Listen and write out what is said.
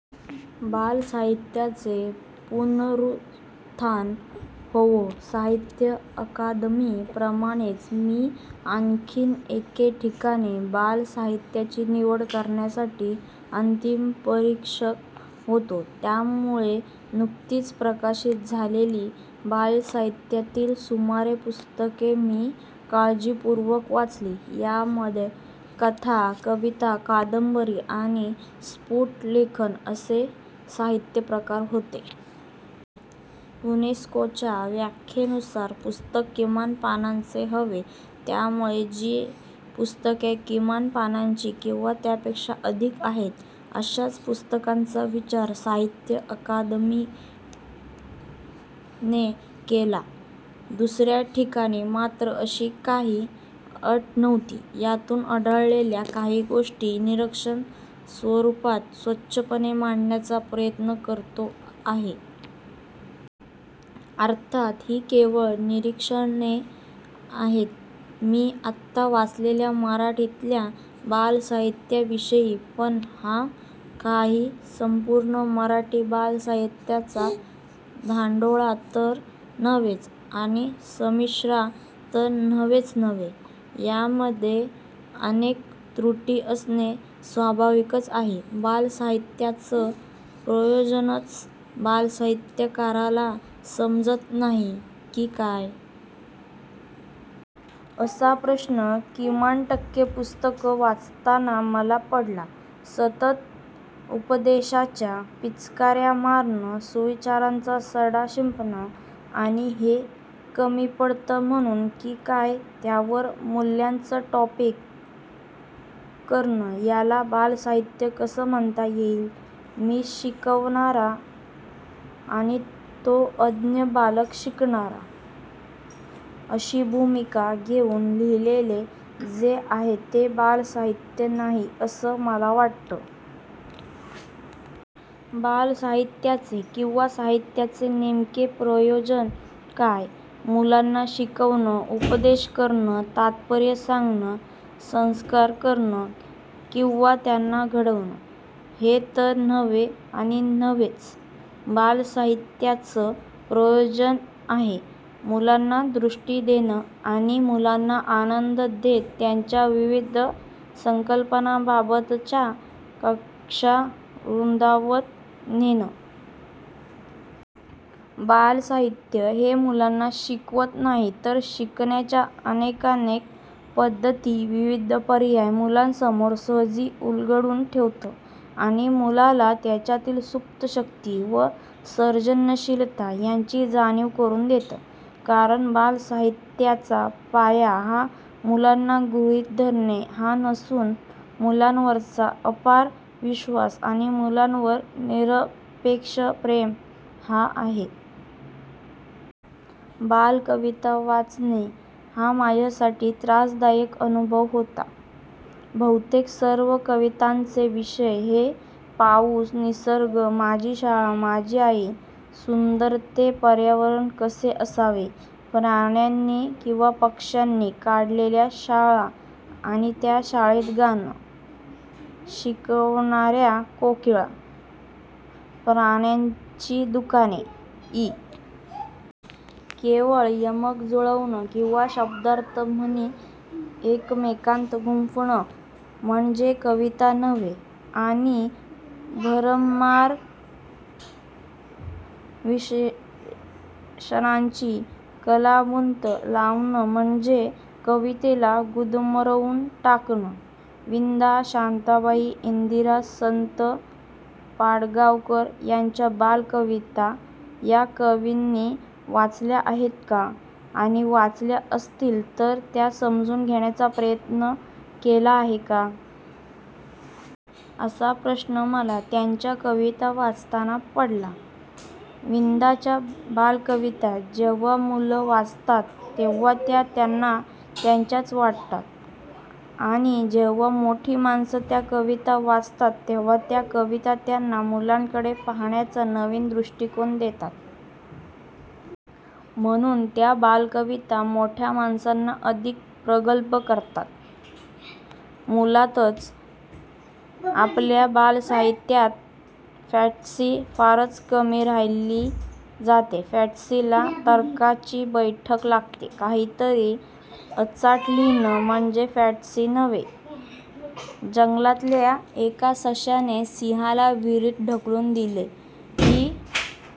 बालसाहित्याचे पुनरुत्थान होवो.. साहित्य अकादमी प्रमाणेच मी आणखी एके ठिकाणी 'बाल साहित्याची निवड करण्यासाठी' अंतीम परीक्षक होतो. त्यामुळे नुकतीच प्रकाशित झालेली बालसाहित्यातील सुमारे पुस्तके मी काळजीपूर्वक वाचली. यामधे कथा, कविता, कादंबरी आणि स्पूट लेखन असे साहित्य प्रकार होते. युनेस्कोच्या व्याखेनुसार पुस्तक किमान पानांचे हवे. त्यामुळे जी पुस्तके किमान पानांची किंवा त्यापेक्षा अधिक आहेत अशाच पुस्तकांचा विचार साहित्य अकादमीने केला. दुसर्या ठिकाणी मात्र अशी काही अट नव्हती. यातून आढळलेल्या काही गोष्टी निरीक्षण स्वरुपात स्वच्छपणे मांडण्याचा प्रयत्न करतो आहे. अर्थात ही केवळ निरिक्षणे आहेत मी आत्ता वाचलेल्या मराठीतल्या बालसाहित्याविषयी. पण हा काही संपूर्ण मराठी बालसाहित्याचा धांडोळा तर नव्हेच आणि समीक्षा तर नव्हेच नव्हे. यामधे अनेक त्रुटी असणे स्वाभाविकच आहे. बालसाहित्याचं प्रयोजनच बालसाहित्यकाराला समजत नाही की काय? असा प्रश्न किमान टक्के पुस्तकं वाचताना मला पडला. सतत उपदेशाच्या पिचकार्या मारणं, सुविचारांचा सडा शिंपणं आणि हे कमी पडतं म्हणून की काय त्यावर 'मूल्यांचं टॉपिंग' करणं याला बालसाहित्य कसं म्हणता येईल. 'मी शिकवणारा आणि तो अज्ञ बालक शिकणारा' अशी भूमिका घेऊन लिहिलेले जे आहे ते बालसाहित्य नाही असं मला वाटतं. बालसाहित्याचे किंवा साहित्याचे नेमके प्रयोजन काय? मुलांना शिकवणं, उपदेश करणं, तात्पर्य सांगणं, संस्कार करणं किंवा त्यांना घडवणं हे तर नव्हे आणि नव्हेच. बालसाहित्याचं प्रयोजन आहे, मुलांना दृष्टी देणं आणि मुलांना आनंद देत त्यांच्या विविध संकल्पनांबाबतच्या कक्षा रुंदावत नेणं. बालसाहित्य हे मुलांना शिकवत नाही तर शिकण्याच्या अनेकानेक पध्दती, विविध पर्याय मुलांसमोर सहजी उलगडून ठेवतं आणि मुलाला त्याच्यातील सूप्त शक्ती व सर्जनशीलता यांची जाणीव करून देतं. कारण बालसाहित्याचा पाया हा 'मुलांना गृहित धरणे' हा नसून 'मुलांवरचा अपार विश्वास आणि मुलांवर निरपेक्ष प्रेम' हा आहे. बालकविता वाचणे हा माझ्यासाठी त्रासदायक अनुभव होता. बहुतेक सर्व कवितांचे विषय हे पाऊस, निसर्ग, माझी शाळा, माझी आई, सुंदर ते पर्यावरण कसे करावे, प्राण्यांनी किंवा पक्ष्यांनी काढलेल्या शाळा आणि त्या शाळेत गाणं शिकवणारी कोकिळा, प्राण्यांची दुकाने इ. केवळ यमक जुळवणं किंवा शब्दार्थ, म्हणी एकमेकांत गुंफणं म्हणजे कविता नव्हे. आणि भरमार विशेषणांची कलाबुतं लावणं म्हणजे कवितेला गुदमरवून टाकणं. विंदा, शांताबाई, इंदिरा संत, पाडगावकर यांच्या बालकविता या कविंनी वाचल्या आहेत का? आणि वाचल्या असतील तर त्या समजून घेण्याचा प्रयत्न केला आहे का? असा प्रश्न मला 'त्यांच्या कविता' वाचताना पडतो. विंदांच्या बालकविता जेव्हा मुलं वाचतात तेव्हा त्या त्यांना त्यांच्याच वाटतात. आणि जेव्हा मोठी माणसं त्या कविता वाचतात तेव्हा त्या कविता त्यांना मुलांकडे पाहण्याचा नवीन दृष्टिकोन देतात. म्हणून त्या बालकविता मोठ्यामाणसांना अधिक प्रगल्भ करतात. मुळातच आपल्या बालसाहित्यात फॅंटसी फारच कमी लिहिली जाते. फॅंटसीला तर्काची बैठक लागते. काहीतरी अचाट लिहिणं म्हणजे फॅंटसी नव्हे. जंगलातल्या एका सशाने सिंहाला विहिरीत ढकलून दिले ही